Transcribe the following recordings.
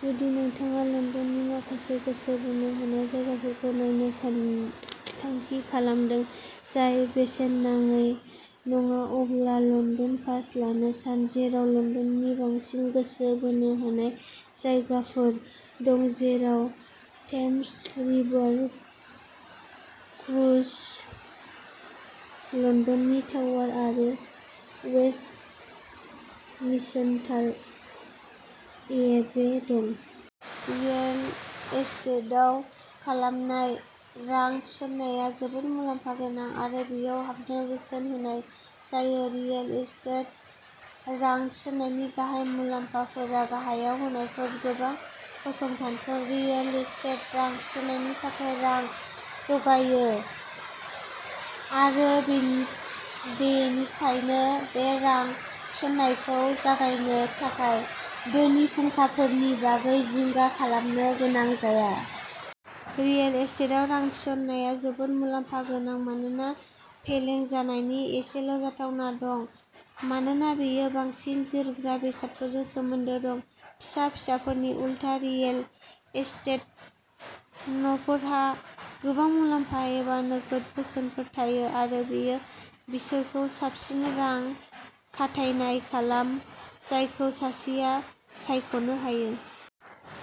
जुदि नोंथाङा लन्दननि माखासे गोसो बोनो हानाय जायगाफोरखौ नायनो सानथांखि खालामदों, जाय बेसेन नाङै नङा, अब्ला लन्दन पास लानो सान, जेराव लन्दननि नि बांसिन गोसो बोनो हानाय जायगाफोर दं, जेराव थेम्स रिभार क्रुज, लन्दननि टावार आरो वेस्टमिन्स्टार एबे दं। रियेल एस्टेटआव खालामनाय रां थिसननाया जोबोद मुलाम्फा गोनां आरो बेयाव हाबनो बोसोन होनाय जायो। रियेल एस्टेट रां थिसननायनि गाहाय मुलाम्फाफोरा गाहायाव होनायफोर। गोबां फसंथानफोरा रियेल एस्टेट रां थिसननायनि थाखाय रां जगायो आरो बेनिखायनो बे रां थिसननायखौ जागायनो थाखाय धोननि फुंखाफोरनि बागै जिंगा खालामनो गोनां जाया। रियेल एस्टेट रां थिसननाया जोबोद मुलाम्फा गोनां मानोना फेलें जानायनि एसेल'जाथावना दं मानोना बेयो बांसिन जोरग्रा बेसादफोरजों सोमोन्दो दं। फिसा बेसादफोरनि उलथा रियेल एस्टेट न'फोरहा गोबां मुलाम्फा एबा नोगोद बेसेनफोर थायो आरो बेयो बिसोरखौ साबसिन रां खाथायनाय खालाम, जायखौ सासेआ सायख'नो हायो।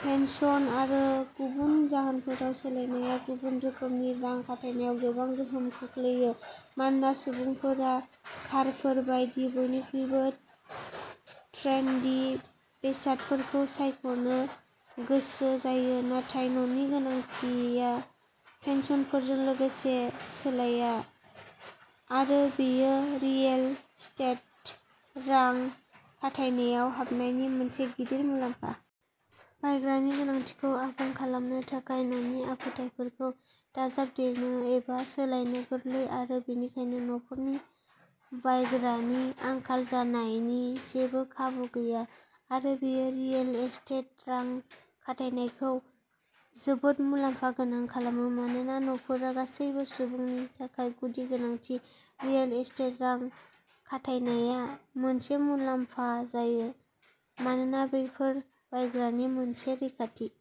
फेशन आरो गुबुन जाहोनफोराव सोलायनायआ गुबुन रोखोमनि रां खाथायनायाव गोबां गोहोम खोख्लैयो, मानोना सुबुंफोरा कारफोर बायदि बयनिख्रुइबो ट्रेन्डी बेसादफोरखौ सायख'नो गोसो जायो, नाथाय न'नि गोनांथिया फेसनफोरजों लोगोसे सोलाया आरो बेयो रियेल एस्टेट रां खाथायनायाव हाबनायनि मोनसे गिदिर मुलाम्फा। बायग्रानि गोनांथिखौ आबुं खालामनो थाखाय न'नि आखुथायफोरखौ दाजाबदेरनो एबा सोलायनो गोरलै आरो बेनिखायनो न'फोरनि बायग्रानि आंखाल जानायनि जेबो खाबु गैया आरो बेयो रियेल एस्टेट रां खाथायनायखौ जोबोद मुलाम्फा गोनां खालामो। मानोना न'फोरा गासैबो सुबुंनि थाखाय गुदि गोनांथि, रियेल एस्टेट रां खाथायनाया मोनसे मुलाम्फा जायो मानोना बेफोर बायग्रानि मोनसे रोखाथि।